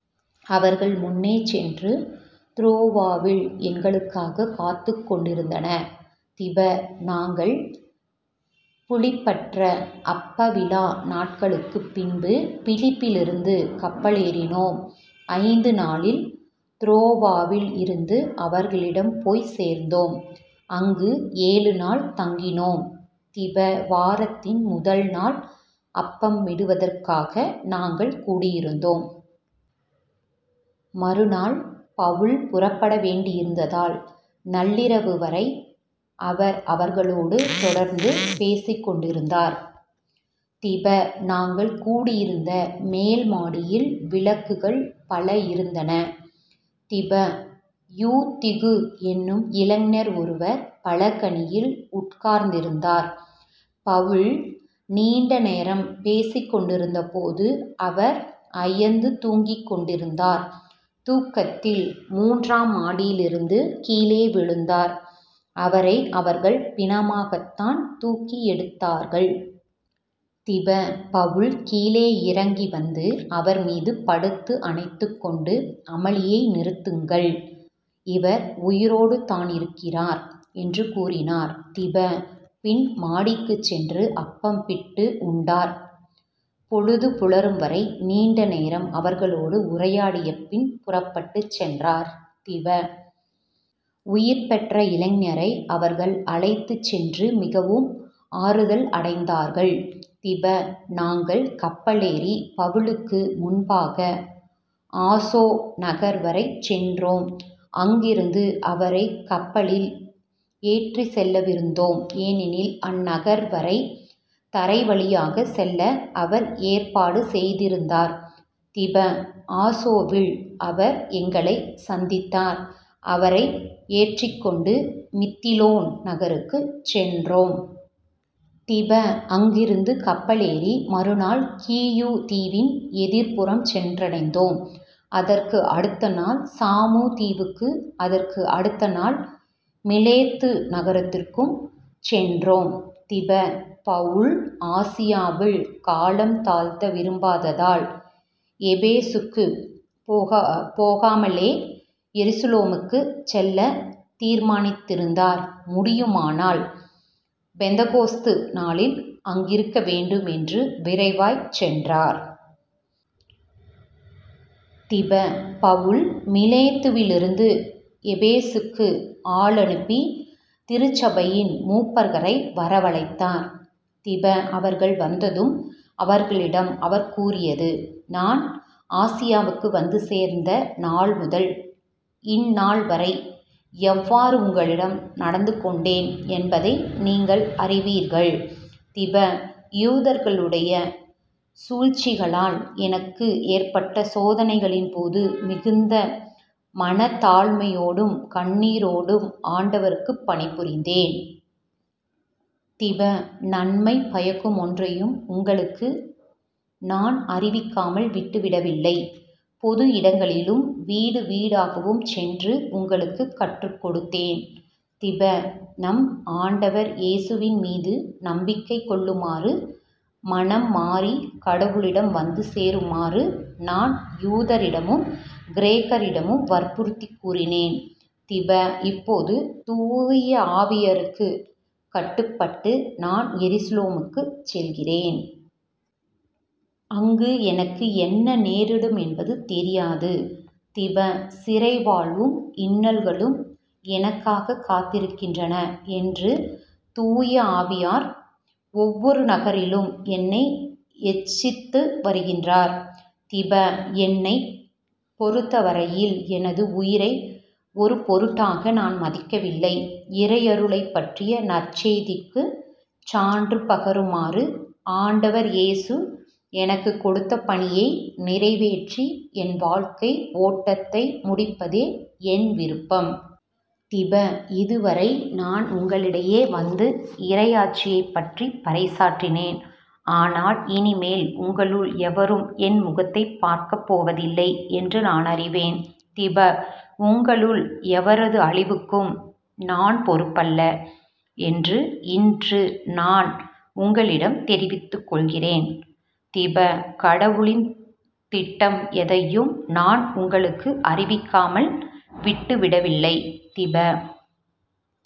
அவர்கள் முன்னே சென்று துரோவாவில் எங்களுக்காகக் காத்துக் கொண்டிருந்தனர். திப. நாங்கள் புளிப்பற்ற அப்பவிழா நாள்களுக்குப் பின்பு பிலிப்பியிலிருந்து கப்பலேறினோம். ஐந்து நாளில் துரோவாவில் இருந்த அவர்களிடம் போய்ச் சேர்ந்தோம். அங்கு ஏழு நாள் தங்கினோம். திப. வாரத்தின் முதள் நாள் அப்பம் பிடுவதற்காக நாங்கள் கூடியிருந்தோம். மறுநாள் பவுல் புறப்பட வேண்டியிருந்ததால் நள்ளிரவு வரை அவர் அவர்களோடு தொடர்ந்து பேசிக் கொண்டேயிருந்தார். திப. நாங்கள் கூடியிருந்த மேல் மாடியில் விளக்குகள் பல இருந்தன. திப. யூத்திகு என்னும் இளைஞர் ஒருவர் பலகணியில் உட்கார்ந்திருந்தார். பவுல் நீண்ட நேரம் பேசிக் கொண்டிருந்தபோது அவர் அயர்ந்து தூங்கிக் கொண்டிருந்தார் தூக்கத்தில் மூன்றாம் மாடியிலிருந்து கீழே விழுந்தார் அவரை அவர்கள் பிணமாகத்தான் தூக்கி எடுத்தார்கள். திப. பவுல் கீழே இறங்கி வந்து அவர் மீது படுத்து அணைத்துக்கொண்டு " அமளியை நிறுத்துங்கள் இவர் உயிரோடுதானியிருக்கிறார் " என்று கூறினார். திப. பின் மாடிக்குச் சென்று அப்பம் பிட்டு உண்டார். பொழுது புலரும் வரை நீண்ட நேரம் அவர்களோடு உரையாடியபின் புறப்பட்டுச்சென்றார். திப. உயிர்பெற்ற இளைஞரை அவர்கள் அழைத்துச்சென்று மிகவும் ஆறுதல் அடைந்தார்கள். திப. நாங்கள் கப்பலேறிப் பவுலுக்கு முன்பாக ஆசொ நகர்வரை சென்றோம். அங்கிருந்து அவரைக் கப்பலில் ஏற்றிச்செல்லவிருந்தோம். ஏனெனில் அந்நகர்வரை தரைவழியாகச் செல்ல அவர் ஏற்பாடு செய்தியிருந்தார். திப. ஆசொவில் அவர் எங்களைச் சந்தித்தார் அவரை ஏற்றிக்கொண்டு மித்திலேன் நகருக்குச் சென்றோம். திப. அங்கிருந்து கப்பலேறி மறுநாள் கீயு தீவின் எதிர்ப்புறம் சென்றடைந்தோம். அதற்கு அடுத்த நாள் சாமு தீவுக்கும், அதற்கு அடுத்த நாள் மிலேத்து நகருக்கும் சென்றோம். திப. பவுல் ஆசியாவில் காலம் தாழ்த்த விரும்பாததால் எபேசுக்குப் போகாமலே எருசலேமுக்குச் செல்லத் தீர்மானித்திருந்தார். முடியுமானால் பெந்தக்கோஸ்து நாளில் அங்கிருக்க வேண்டும் என்று விரைவாய்ச் சென்றார். திப. பவுல் மிலேத்துவிலிருந்து எபேசுக்கு ஆளனுப்பி திருச்சபையின் மூப்பர்களை வரவழைத்தார். திப. அவர்கள் வந்ததும் அவர்களிடம் அவர் கூறியது " நான் ஆசியாவுக்கு வந்து சேர்ந்த நாள்முதல் இந்நாள்வரை எவ்வாறு உங்களிடம் நடந்து கொண்டேன் என்பதை நீங்கள் அறிவீர்கள். திப. யூதர்களுடைய சூழ்ச்சிகளால் எனக்கு ஏற்பட்ட சோதனைகளின்போது மிகுந்த மனத்தாழ்மையோடும் கண்ணீரோடும் ஆண்டவருக்குப் பணிபுரிந்தேன். திப. நன்மை பயக்குமொன்றையும் உங்களுக்கு நான் அறிவிக்காமல் விட்டு விடவில்லை. பொது இடங்களிலும் வீடுவீடாகவும் சென்று உங்களுக்குக் கற்றுக் கொடுத்தேன். திப. நம் ஆண்டவர் இயேசுவின் மீது நம்பிக்கை கொள்ளுமாறும் மனம்மாறி கடவுளிடம் வந்து சேருமாறும் நான் யூதரிடமும் கிரேக்கரிடமும் வற்புறுத்திக் கூறினேன். திப. இப்போதும் தூய ஆவியாருக்குக் கட்டுப்பட்டு நான் எருசலேமுக்குச் செல்லுகிறேன். அங்கு எனக்கு என்ன நேரிடுமென்பது தெரியாது. திப. சிறை வாழ்வும் இன்னல்களும் எனக்காகக் காத்திருக்கின்றன என்று தூய ஆவியார் ஒவ்வொரு நகரிலும் என்னை எச்சித்து வருகிறார். திப. என்னைப் பொறுத்த வரையில் எனது உயிரை ஒரு பொருட்டாக நான் மதிக்கவில்லை. இறையருளைப் பற்றிய நற்செய்திக்குச் சான்று பகருமாறு ஆண்டவர் இயேசு எனக்குக் கொடுத்த பணியை நிறைவேற்றி என் வாழ்க்கை ஓட்டத்தை முடிப்பதே என் விருப்பம். திப. இதுவரை நான் உங்களிடையே வந்து இறையாட்சியைப் பற்றி பறைசாற்றினேன். ஆனால் இனிமேல் உங்களுள் எவரும் என் முகத்தைப் பார்க்கப் போவதில்லை என்று நான் அறிவேன். திப. உங்களுள் எவரது அழிவுக்கும் நான் பொறுப்பாளியல்ல என்று இன்று நான் உங்களிடம் தெரிவித்துக் கொள்கிறேன். திப. கடவுளின் திட்டம் எதையும் நான் உங்களுக்கு அறிவிக்காமல் விட்டுவிடவில்லை. திப.